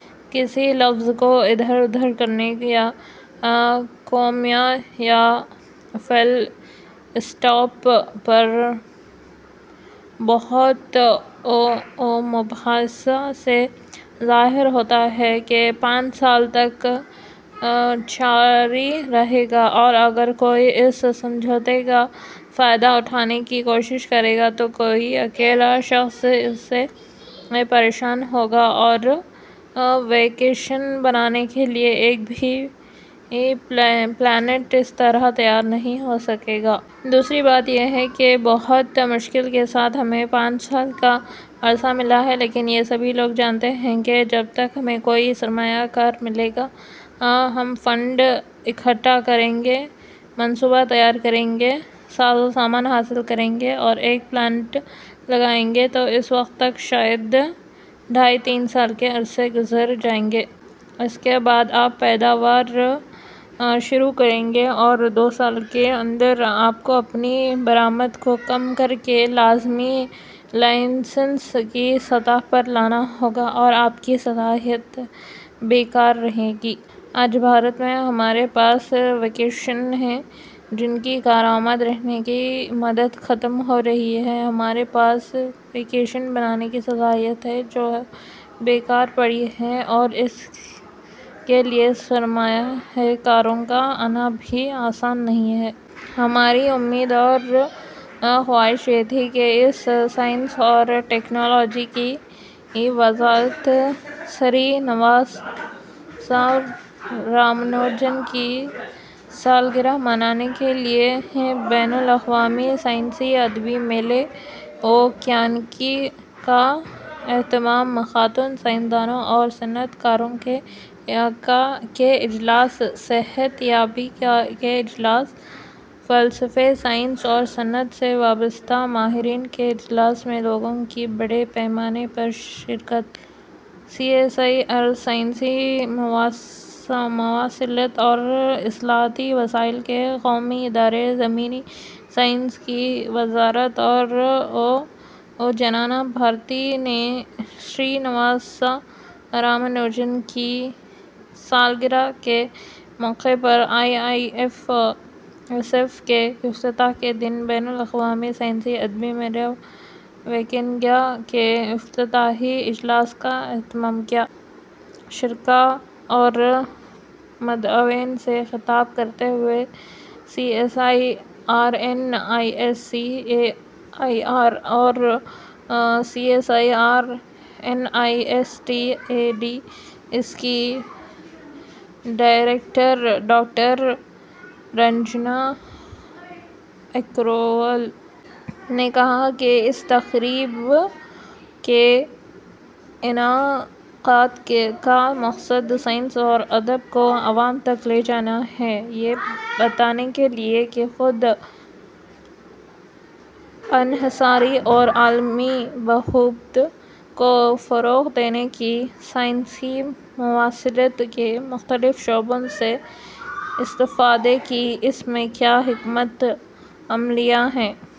کسی لفظ کو اِدھر اُدھر کرنے یا کوما یا فل اسٹاپ پر بحث و مباحثے سے ظاہر ہوتا ہے کہ پانچ سال تک جاری رہے گا اور اگر کوئی اس سمجھوتے کا فائدہ اٹھانے کی کوشش کرے گا تو کوئی اکیلا شخص اس سے پریشان ہوگا اور ویکسین بنانے کے لیے ایک بھی پلانٹ اس طرح تیار نہیں ہو سکے گا۔ دوسری بات یہ ہے کہ بہت مشکل کے ساتھ ہمیں پانچ سال کا عرصہ ملا ہے، لیکن یہ سبھی لوگ جانتے ہیں کہ جب تک ہمیں کوئی سرمایہ کار ملے گا، ہم فنڈ اکٹھا کریں گے، منصوبہ تیار کریں گے، سازوسامان حاصل کریں گے اور ایک پلانٹ لگائیں گے، تو اس وقت تک شاید ڈھائی تین سال کا عرصہ گزر جائے گا۔ اس کے بعد آپ پیداوار شروع کریں گے اور دو سال کے اندر آپ کو اپنی برآمدات کو کم کرکے لازمی لائسنس کی سطح پر لانا ہوگا اور آپ کی صلاحیت بے کار رہے گی۔ آج بھارت میں ہمارے پاس ویکسین ہیں، جن کی کارآمد رہنے کی مدت ختم ہو رہی ہے، ہمارے پاس ویکسین بنانے کی صلاحیت ہے، جو بے کار پڑی ہے اور اس کے لیے سرمایہ کاروں کا آنا بھی آسان نہیں ہے۔ ہماری امید اور خواہش یہ تھی کہ اس— سائنس اور ٹیکنالوجی کی وزارت سری نواسا رامانوجن کی سالگرہ منانے کے لیے بین الاقوامی سائنسی ادبی میلے وگیانیکا کا اہتمام۔ ’’خاتون سائنس دانوں اور صنعت کاروں کے اجلاس‘‘، صحت یابی کے اجلاس، فلسفہ، سائنس اور صنعت سے وابستہ ماہرین کے اجلاس میں لوگوں کی بڑے پیمانے پر شرکت۔ سی ایس آئی آر-سائنسی مواصلات اور اطلاعاتی وسائل کے قومی ادارے، زمینی سائنس کی وزارت اور وجنانا بھارتی نے سری نواسا رامانوجن کی سالگرہ کے موقع پر آئی آئی ایس ایف کے افتتاح کے دن بین الاقوامی سائنسی ادبی میلہ وگیانیکا کے افتتاحی اجلاس کا اہتمام کیا۔ شرکا اور مدعوئین سے خطاب کرتے ہوئے C S I R N I S C A I R اور C S I R N I S T A D S کی ڈائریکٹر ڈاکٹر رنجنا اگروال نے کہا کہ اس تقریب کے انعقاد کا مقصد سائنس اور ادب کو عوام تک لے جانا ہے، یہ بتانے کے لیے کہ خود انحصاری اور عالمی بہبود کو فروغ دینے کی سائنسی مواصلات کے مختلف شعبوں سے استفادے کی اس میں کیا حکمت عملیاں ہیں۔